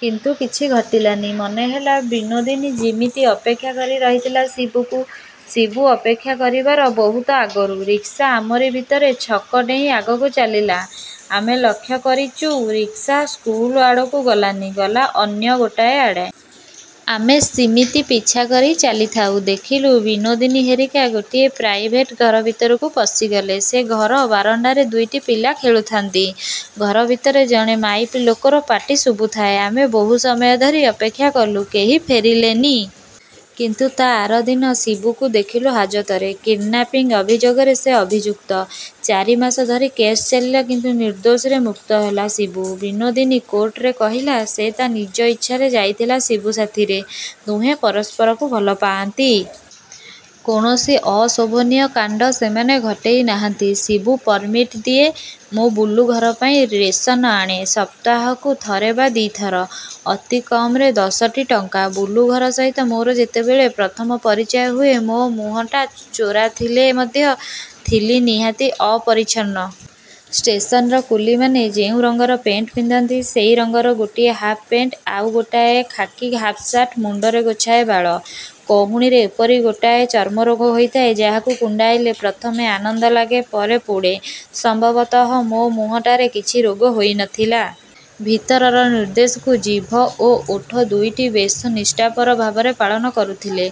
କିନ୍ତୁ କିଛି ଘଟିଲାନି। ମନେ ହେଲା ବିନୋଦିନୀ ଯିମିତି ଅପେକ୍ଷା କରି ରହିଥିଲା ଶିବୁକୁ, ଶିବୁ ଅପେକ୍ଷା କରିବାର ବହୁତ ଆଗରୁ। ରିକ୍ସା ଆମରି ଭିତରେ ଛକ ଡେଇଁ ଆଗକୁ ଚାଲିଲା। ଆମେ ଲକ୍ଷ୍ୟ କରିଚୁ ରିକ୍ସା ସ୍କୁଲ ଆଡ଼କୁ ଗଲାନି। ଗଲା ଅନ୍ୟ ଗୋଟାଏ ଆଡ଼େ। ଆମେ ସିମିତି ପିଛା କରି ଚାଲିଥାଉ। ଦେଖିଲୁ ବିନୋଦିନୀ ହେରିକା ଗୋଟିଏ ପ୍ରାଇଭେଟ ଘରଭିତରକୁ ପଶିଗଲେ। ସେ ଘର ବାରଣ୍ଡାରେ ଦୁଇଟି ପିଲା ଖେଳୁଥାନ୍ତି। ଘର ଭିତରେ ଜଣେ ମାଇପି ଲୋକର ପାଟି ଶୁଭୁଥାଏ। ଆମେ ବହୁ ସମୟ ଧରି ଅପେକ୍ଷା କଲୁ କେହି ଫେରିଲେ ନି। କିନ୍ତୁ ତା ଆରଦିନ ଶିବୁକୁ ଦେଖିଲୁ ହାଜତରେ। କିଡ୍ନାପିଙ୍ଗ୍ ଅଭିଯୋଗରେ ସେ ଅଭିଯୁକ୍ତ। ଚାରିମାସ ଧରି କେସ୍ ଚାଲିଲା। କିନ୍ତୁ ନିର୍ଦ୍ଦୋଷରେ ମୁକ୍ତ ହେଲା ଶିବୁ। ବିନୋଦିନୀ କୋର୍ଟରେ କହିଲା ସେ ତା ନିଜ ଇଚ୍ଛାରେ ଯାଇଥିଲା ଶିବୁ ସାଥିରେ। ଦୁହେଁ ପରସ୍ପରକୁ ଭଲ ପାଆନ୍ତି। କୌଣସି ଅଶୋଭନୀୟ କାଣ୍ଡ ସେମାନେ ଘଟେଇ ନାହାଁନ୍ତି। ଶିବୁ ପରମିଟ୍ ଦିଏ, ମୁଁ ବୁଲୁ ଘର ପାଇଁ ରେସନ ଆଣେ। ସପ୍ତାହକୁ ଥରେ ବା ଦି ଥର-। ଅତି କମରେ ଦଶଟି ଟଙ୍କା। ବୁଲୁ ଘର ସହିତ ମୋର ଯେତେବେଳେ ପ୍ରଥମ ପରିଚୟ ହୁଏ ମୋ ମୁହଁଟା ଚୋରା ଥିଲେ ମଧ୍ୟ ଥିଲି ନିହାତି ଅପରିଚ୍ଛନ୍ନ। ଷ୍ଟେସନର କୁଲିମାନେ ଯେଉଁ ରଂଗର ପେଣ୍ଟ ପିନ୍ଧନ୍ତି, ସେଇ ରଂଗର ଗୋଟିଏ ହାପ୍ ପେଣ୍ଟ, ଆଉ ଗୋଟାଏ ଖାକି ହାପ୍ ଶାର୍ଟ। ମୁଣ୍ଡରେ ଗୋଛାଏ ବାଳ। କହୁଣୀରେ ଏପରି ଗୋଟାଏ ଚର୍ମରୋଗ ହୋଇଥାଏ ଯାହାକୁ କୁଣ୍ଡାଇଲେ ପ୍ରଥମେ ଆନନ୍ଦ ଲାଗେ, ପରେ ପୋଡ଼େ। ସମ୍ଭବତଃ ମୋ ମୁହଁଟାରେ କିଛି ରୋଗ ହୋଇ ନଥିଲା। ଭିତରର ନିର୍ଦ୍ଦେଶକୁ ଜିଭ ଓ ଓଠ ଦୁଇଟି ବେଶ ନିଷ୍ଠାପର ଭାବରେ ପାଳନ କରୁଥିଲେ।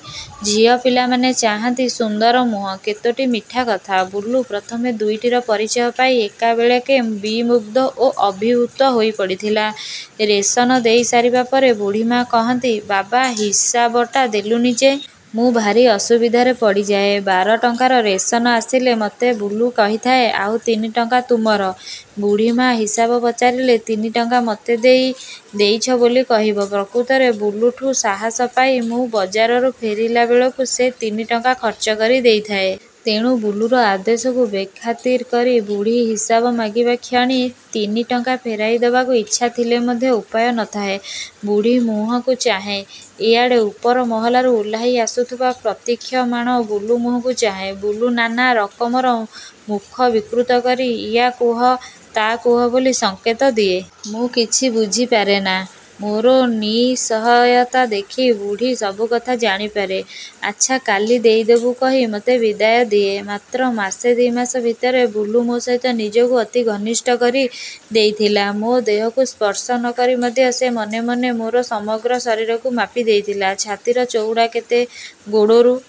ଝିଅ ପିଲାମାନେ ଚାହାନ୍ତି ସୁନ୍ଦର ମୁହଁ, କେତୋଟି ମିଠାକଥା। ବୁଲୁ ପ୍ରଥମେ ଦୁଇଟିର ପରିଚୟ ପାଇ ଏକାବେଳକେ ବିମୁଗ୍ଧ ଓ ଅଭିଭୂତ ହୋଇ ପଡ଼ିଥିଲା। ରେଶନ ଦେଇ ସାରିବା ପରେ ବୁଢ଼ୀମା କହନ୍ତି, ବାବା ହିସାବଟା ଦେଲୁନି ଯେ! ମୁଁ ଭାରି ଅସୁବିଧାରେ ପଡ଼ିଯାଏ। ବାର ଟଙ୍କାର ରେଶନ ଆସିଲେ ମତେ ବୁଲୁ କହିଥାଏ, ଆଉ ତିନି ଟଙ୍କା ତୁମର, ବୁଢ଼ୀମା ହିସାବ ପଚାରିଲେ, ତିନି ଟଙ୍କା ମତେ ଦେଇ ଦେଇଚ ବୋଲି କହିବ। ପ୍ରକୃତରେ ବୁଲୁଠୁ ସାହସ ପାଇ ମୁଁ ବଜାରରୁ ଫେରିଲା ବେଳକୁ ସେ ତିନି ଟଙ୍କା ଖର୍ଚ୍ଚ କରି ଦେଇଥାଏ। ତେଣୁ ବୁଲୁର ଆଦେଶକୁ ବେଖାତିର କରି, ବୁଢ଼ୀ ହିସାବ ମାଗିବା କ୍ଷଣି ତିନି ଟଙ୍କା ଫେରାଇ ଦେବାକୁ ଇଚ୍ଛା ଥିଲେ ମଧ୍ୟ ଉପାୟ ନ ଥାଏ। ବୁଢ଼ୀ ମୁହଁକୁ ଚାହେଁ। ଇଆଡ଼େ ଉପର ମହଲାରୁ ଓହ୍ଲାଇ ଆସୁଥିବା ପ୍ରତୀକ୍ଷମାଣ ବୁଲୁ ମୁହଁକୁ ଚାହେଁ। ବୁଲୁ ନାନା ରକମର ମୁଖ ବିକୃତ କରି ଇୟା କୁହ ତା କୁହ ବୋଲି ସଂକେତ ଦିଏ। ମୁଁ କିଛି ବୁଝି ପାରେନା। ମୋର ନିଃସହାୟତା ଦେଖି ବୁଢ଼ୀ ସବୁ କଥା ଜାଣିପାରେ। ଆଚ୍ଛା କାଲି ଦେଇଦେବୁ କହି ମତେ ବିଦାୟ ଦିଏ। ମାତ୍ର ମାସେ ଦି ମାସ ଭିତରେ ବୁଲୁ ମୋ ସହିତ ନିଜକୁ ଅତି ଘନିଷ୍ଠ କରି ଦେଇଥିଲା। ମୋ ଦେହକୁ ସ୍ପର୍ଶ ନ କରି ମଧ୍ୟ ସେ ମନେ ମନେ ମୋର ସମଗ୍ର ଶରୀରକୁ ମାପି ଦେଇଥିଲା। ଛାତିର ଚଉଡ଼ା କେତେ, ଗୋଡ଼ରୁ